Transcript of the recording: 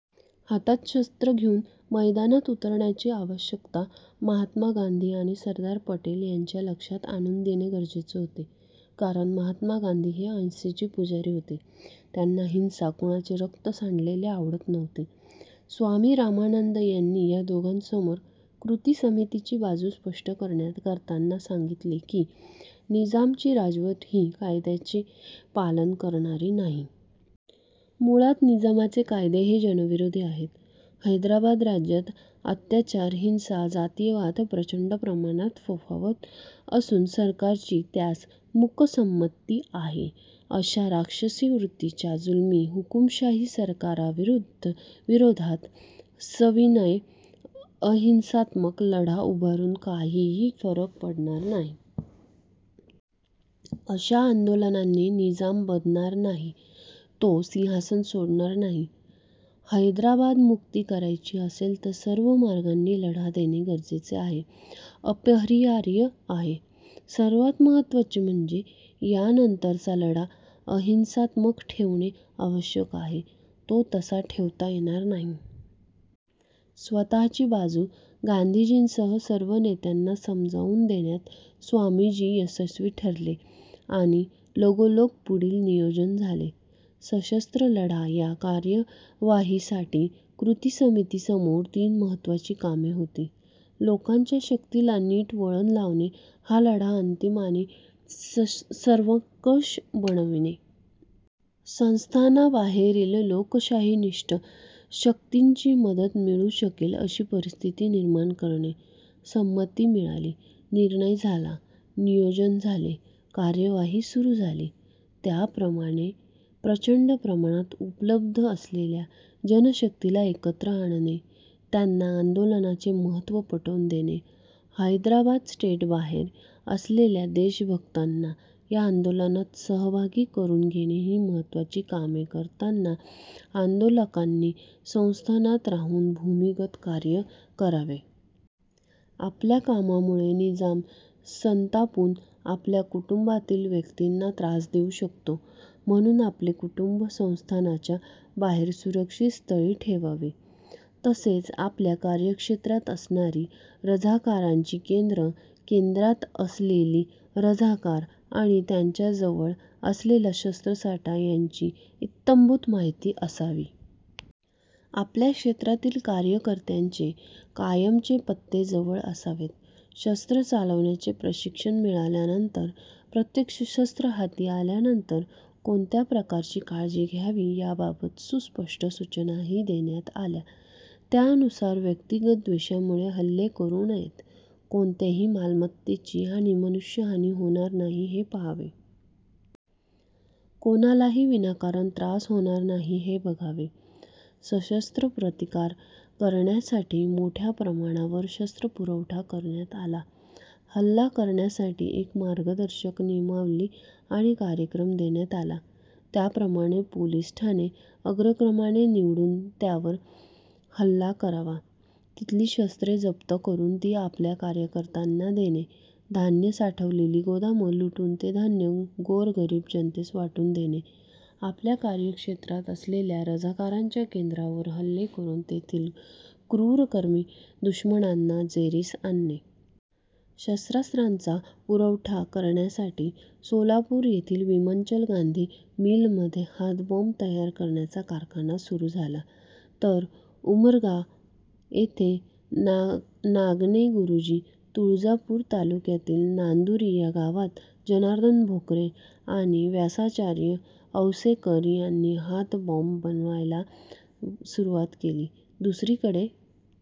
हातात शस्त्र घेऊन मैदानात उतरण्याची आवश्यकता महात्मा गांधी आणि सरदार पटेल यांच्या लक्षात आणून देणे गरजेचे होते, कारण महात्मा गांधी हे अहिंसेचे पुजारी होते. त्यांना हिंसा, कुणाचे रक्त सांडलेले आवडत नव्हते. स्वामी रामानंद यांनी या दोघांसमोर कृतिसमितीची बाजू स्पष्ट करताना सांगितले की, निजामाची राजवट ही कायद्याचे पालन करणारी नाही. मुळात निजामाचे कायदे हे जनविरोधी आहेत. हैदराबाद राज्यात अत्याचार, हिंसा, जातीयवाद प्रचंड प्रमाणात फोफावला असून सरकारची त्यास मूकसंमती आहे. अशा राक्षसी वृत्तीच्या, जुलमी, हुकुमशाही सरकारविरोधात सविनय, अहिंसात्मक लढा उभारून काहीही फरक पडणार नाही. अशा आंदोलनांनी निजाम बधणार नाही. तो सिंहासन सोडणार नाही. हैदराबाद मुक्ती करायची असेल तर सर्व मार्गांनी लढा देणे गरजेचे आहे, अपरिहार्य आहे. सर्वात महत्त्वाचे म्हणजे यानंतरचा लढा अहिंसात्मक ठेवणे अशक्य आहे. तो तसा ठेवता येणार नाही. स्वतःची बाजू गांधीजींसह सर्व नेत्यांना समजावून देण्यात स्वामीजी यशस्वी ठरले आणि लगोलग पुढील नियोजन झाले. सशस्त्र लढा या कार्यवाहीसाठी कृतिसमितीसमोर तीन महत्त्वाची कामे होती. लोकांच्या शक्तीला नीट वळण लावणे. हा लढा अंतिम आणि सर्वंकष बनविणे. संस्थानाबाहेरील लोकशाहीनिष्ठ शक्तींची मदत मिळू शकेल अशी परिस्थिती निर्माण करणे. संमती मिळाली. निर्णय झाला. नियोजन झाले. कार्यवाही सुरू झाली. त्याप्रमाणे प्रचंड प्रमाणात उपलब्ध असलेल्या जनशक्तीला एकत्र आणणे, त्यांना आंदोलनाचे महत्त्व पटवून देणे, हैदराबाद स्टेटबाहेर असलेल्या देशभक्तांना या आंदोलनात सहभागी करून घेणे ही महत्त्वाची कामे करताना आंदोलकांनी संस्थानात राहून भूमिगत कार्य करावे. आपल्या कामामुळे निजाम संतापून आपल्या कुटुंबातील व्यक्तींना त्रास देऊ शकतो, म्हणून आपले कुटुंब संस्थानाच्या बाहेर सुरक्षित स्थळी ठेवावे. तसेच आपल्या कार्यक्षेत्रात असणारी रझाकारांची केंद्रे, केंद्रात असलेले रझाकार आणि त्यांच्याजवळ असलेला शस्त्रसाठा यांची इत्थंभूत माहिती असावी. आपल्या क्षेत्रातील कार्यकर्त्यांचे कायमचे पत्ते जवळ असावेत. शस्त्र चालवण्याचे प्रशिक्षण मिळाल्यानंतर, प्रत्यक्ष शस्त्र हाती आल्यानंतर कोणत्या प्रकारची काळजी घ्यावी याबाबत सुस्पष्ट सूचनाही देण्यात आल्या. त्यानुसार व्यक्तिगत द्वेषामुळे हल्ले करू नयेत. कोणत्याही मालमत्तेची आणि मनुष्यहानी होणार नाही हे पाहावे. कोणालाही विनाकारण त्रास होणार नाही हे बघावे. सशस्त्र प्रतिकार करण्यासाठी मोठ्या प्रमाणावर शस्त्रपुरवठा करण्यात आला. हल्ला करण्यासाठी एक मार्गदर्शक नियमावली आणि कार्यक्रम देण्यात आला. त्याप्रमाणे पोलीस ठाणे अग्रक्रमाने निवडून त्यावर हल्ला करावा. तिथली शस्त्रे जप्त करून ती आपल्या कार्यकर्त्यांना देणे, धान्य साठवलेली गोदामं लुटून ते धान्य गोरगरीब जनतेस वाटून देणे, आपल्या कार्यक्षेत्रात असलेल्या रझाकारांच्या केंद्रांवर हल्ले करून तेथील क्रूरकर्मी दुश्मनांना जेरीस आणणे! शस्त्रास्त्रांचा पुरवठा करण्यासाठी सोलापूर येथील विमलचंद गांधी मिलमध्ये हातबॉम्ब तयार करण्याचा कारखाना सुरू झाला, तर उमरगा येथे नागणे गुरुजी, तुळजापूर तालुक्यातील नांदुरी या गावात जनार्दन भोकरे आणि व्यासाचार्य औसेकर यांनी हातबॉम्ब बनवायला सुरुवात केली. दुसरीकडे